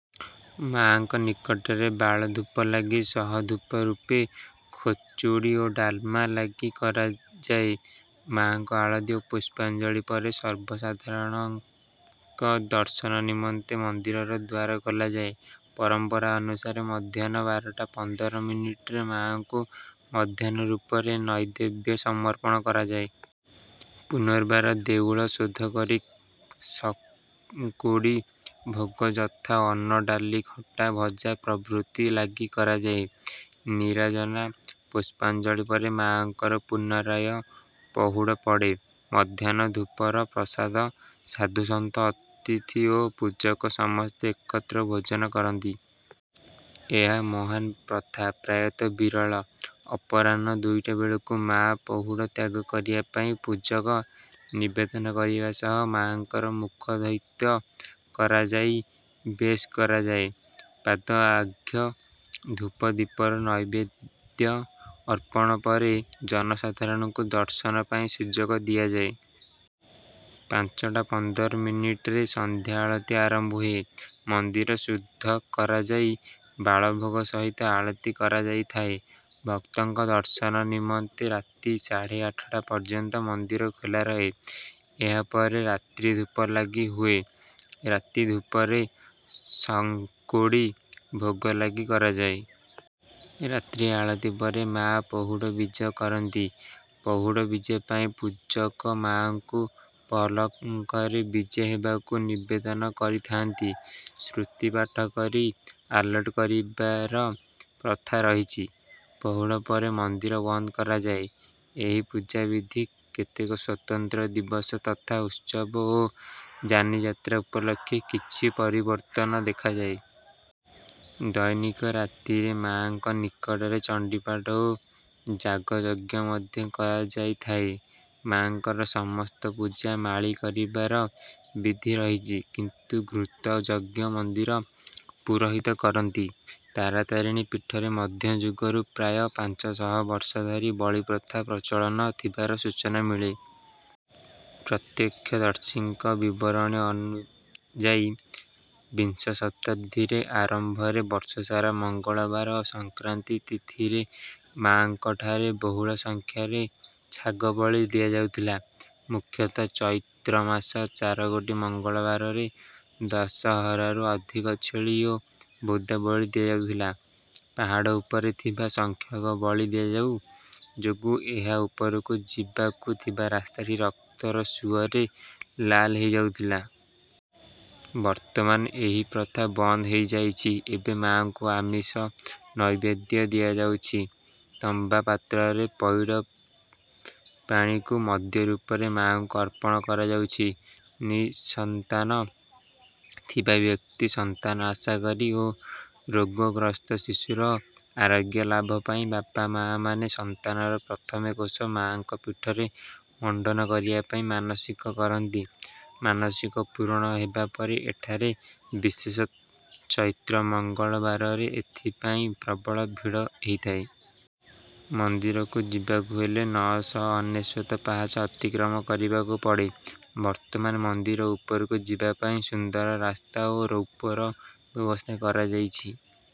ମାଆଙ୍କ ନିକଟରେ ବାଳଧୂପ ଲାଗି ସହ ଧୂପ ରୂପେ ଖେଚୁଡ଼ି ଓ ଡାଲମା ଲାଗି କରାଯାଏ। ମଙ୍ଗଳ ଆଳତି ଓ ପୁଷ୍ପାଞ୍ଜଳି ପରେ ସର୍ବସାଧାରଣଙ୍କ ଦର୍ଶନ ନିମନ୍ତେ ମନ୍ଦିରର ଦ୍ୱାର ଖୋଲାଯାଏ। ପରମ୍ପରା ଅନୁସାରେ ମଧ୍ୟାହ୍ନ ବାରଟା ପନ୍ଦର ମିନିଟ୍ ରେ ମାଆଙ୍କୁ ମଧ୍ୟାହ୍ନ ଧୂପର ନୈବେଦ୍ୟ ସମର୍ପଣ କରାଯାଏ। ପୁନର୍ବାର ଦେଉଳ ଶୋଧ କରି ଶଙ୍ଖୁଡ଼ି ଭୋଗ ଯଥା ଅନ୍ନ ଡାଲି ଖଟା ଭଜା ପ୍ରଭୃତି ଲାଗି କରାଯାଏ। ନୀରାଜନା ପୁଷ୍ପାଞ୍ଜଳି ପରେ ମାଆଙ୍କର ପୁନରାୟ ପହୁଡ଼ ପଡେ। ମଧ୍ୟାହ୍ନ ଧୂପର ପ୍ରସାଦ ସାଧୁ ସନ୍ଥ ଅତିଥି ଓ ପୂଜକ ସମସ୍ତେ ଏକତ୍ର ଭୋଜନ କରନ୍ତି। ଏହା ମହାନ୍ ପ୍ରଥା ପ୍ରାୟତଃ ବିରଳ। ଅପରାହ୍ଣ ଦୁଇଟା ବେଳକୁ ମାଆ ପହୁଡ଼ ତ୍ୟାଗ କରିବା ପାଇଁ ପୂଜକ ନିବେଦନ କରିବା ସହ ମାଆଙ୍କର ମୁଖ ଧୌତ କରାଯାଇ ବେଶ କରାଯାଏ। ପାଦ ଅର୍ଘ୍ୟ ଧୂପ ଦୀପର ନୈବେଦ୍ୟ ଅର୍ପଣ ପରେ ଜନସାଧାରଣଙ୍କୁ ଦର୍ଶନ ପାଇଁ ସୁଯୋଗ ଦିଆଯାଏ। ପାଞ୍ଚଟା ପନ୍ଦର ମିନିଟ୍ ରେ ସନ୍ଧ୍ୟାଆଳତି ଆରମ୍ଭ ହୁଏ। ମନ୍ଦିର ଶୁଦ୍ଧ କରାଯାଇ ବାଳଭୋଗ ସହିତ ଆଳତି କରାଯାଇଥାଏ। ଭକ୍ତଙ୍କ ଦର୍ଶନ ନିମନ୍ତେ ରାତି ସାଢ଼େ ଆଠଟା ପର୍ଯ୍ୟନ୍ତ ମନ୍ଦିର ଖୋଲା ରହେ। ଏହାପରେ ରାତ୍ରିଧୂପ ଲାଗି ହୁଏ। ରାତି ଧୂପରେ ଶଙ୍ଖୁଡ଼ି ଭୋଗ ଲାଗି କରାଯାଏ। ରାତ୍ରି ଆଳତି ପରେ ମାଆ ପହୁଡ଼ ବିଜେ କରିଥାନ୍ତି। ପହୁଡ଼ ବିଜେ ପାଇଁ ପୂଜକ ମାଆଙ୍କୁ ପଲଙ୍କରେ ବିଜେ ହେବାକୁ ନିବେଦନ କରିଥାନ୍ତି। ସ୍ତୁତିପାଠ କରି ଆଲଟ କରିବାର ପ୍ରଥା ରହିଛି। ପହୁଡ଼ ପରେ ମନ୍ଦିର ବନ୍ଦ କରାଯାଏ। ଏହି ପୂଜାବିଧିରେ କେତେକ ସ୍ୱତନ୍ତ୍ର ଦିବସ ତଥା ଉତ୍ସବ ଓ ଯାନିଯାତ୍ରା ଉପଲକ୍ଷେ କିଛି ପରିବର୍ତ୍ତନ ଦେଖାଯାଏ। ଦୈନିକ ରୀତିରେ ମାଆଙ୍କ ନିକଟରେ ଚଣ୍ଡୀପାଠ ଓ ଯାଗଯଜ୍ଞ ମଧ୍ୟ କରାଯାଇଥାଏ। ମାଆଙ୍କର ସମସ୍ତ ପୂଜା ମାଳି କରିବାର ବିଧି ରହିଛି। କିନ୍ତୁ ଘୃତ ଯଜ୍ଞ ମନ୍ଦିର ପୁରୋହିତ କରନ୍ତି। ତାରାତାରିଣୀ ପୀଠରେ ମଧ୍ୟଯୁଗରୁ ପ୍ରାୟ ପାଞ୍ଚଶହ ବର୍ଷ ଧରି ବଳିପ୍ରଥା ପ୍ରଚଳନ ଥିବାର ସୂଚନା ମିଳେ। ପ୍ରତ୍ୟକ୍ଷଦର୍ଶୀଙ୍କ ବିବରଣୀ ଅନୁସାୟୀ ବିଂଶଶତାବ୍ଦୀର ଆରମ୍ଭରେ ବର୍ଷସାରା ମଙ୍ଗଳବାର ଓ ସଂକ୍ରାନ୍ତି ତିଥିରେ ମାଙ୍କଠାରେ ବହୁଳ ସଂଖ୍ୟାରେ ଛାଗ ବଳି ଦିଆଯାଉଥିଲା। ମୁଖ୍ୟତଃ ଚୈତ୍ରମାସର ଚାରିଗୋଟି ମଙ୍ଗଳବାରରେ ଦଶହଜାରରୁ ଅଧିକ ଛେଳି ଓ ବୋଦା ବଳି ଦିଆଯାଉଥିଲା। ପାହାଡ ଉପରେ ବହୁ ସଂଖ୍ୟକ ବଳି ଦିଆଯାଉ ଯୋଗୁଁ ଏହା ଉପରକୁ ଯିବାକୁ ଥିବା ରାସ୍ତାଟି ରକ୍ତର ସୁଅରେ ଲାଲ ହୋଇଯାଉଥିଲା। ବର୍ତ୍ତମାନ ଏହି ପ୍ରଥା ବନ୍ଦ ହୋଇଯାଇଛି। ଏବେ ମାଆଙ୍କୁ ଆମିଷ ନୈବେଦ୍ୟ ଦିଆଯାଉଛି। ତମ୍ବାପାତ୍ରରେ ପଇଡ଼ ପାଣିକୁ ମଦ୍ୟ ରୂପରେ ମାଆଙ୍କୁ ଅର୍ପଣ କରାଯାଉଛି। ନିଃସନ୍ତାନ ଥିବା ବ୍ୟକ୍ତି ସନ୍ତାନ ଆଶା କରି ଓ ରୋଗଗ୍ରସ୍ତ ଶିଶୁର ଆରୋଗ୍ୟ ଲାଭ ପାଇଁ ବାପାମାଆମାନେ ସନ୍ତାନର ପ୍ରଥମ କେଶ ମାଙ୍କ ପୀଠରେ ମଣ୍ଡନ କରିବା ପାଇଁ ମାନସିକ କରନ୍ତି ମାନସିକ ପୂରଣ ହେବାପରେ ଏଠାରେ ବିଶେଷତଃ ଚୈତ୍ର ମଙ୍ଗଳବାରରେ ଏଥିପାଇଁ ପ୍ରବଳ ଭିଡ଼ ହୋଇଥାଏ। ମନ୍ଦିରକୁ ଯିବାକୁ ହେଲେ ନଅ ଶହ ଅନେଶ୍ୱତ ପାହାଚ ଅତିକ୍ରମ କରିବାକୁ ପଡେ। ବର୍ତ୍ତମାନ ମନ୍ଦିର ଉପରକୁ ଯିବାପାଇଁ ସୁନ୍ଦର ରାସ୍ତା ଓ ରୋପ୍ୱେର ବ୍ୟବସ୍ଥା କରାଯାଇଛି।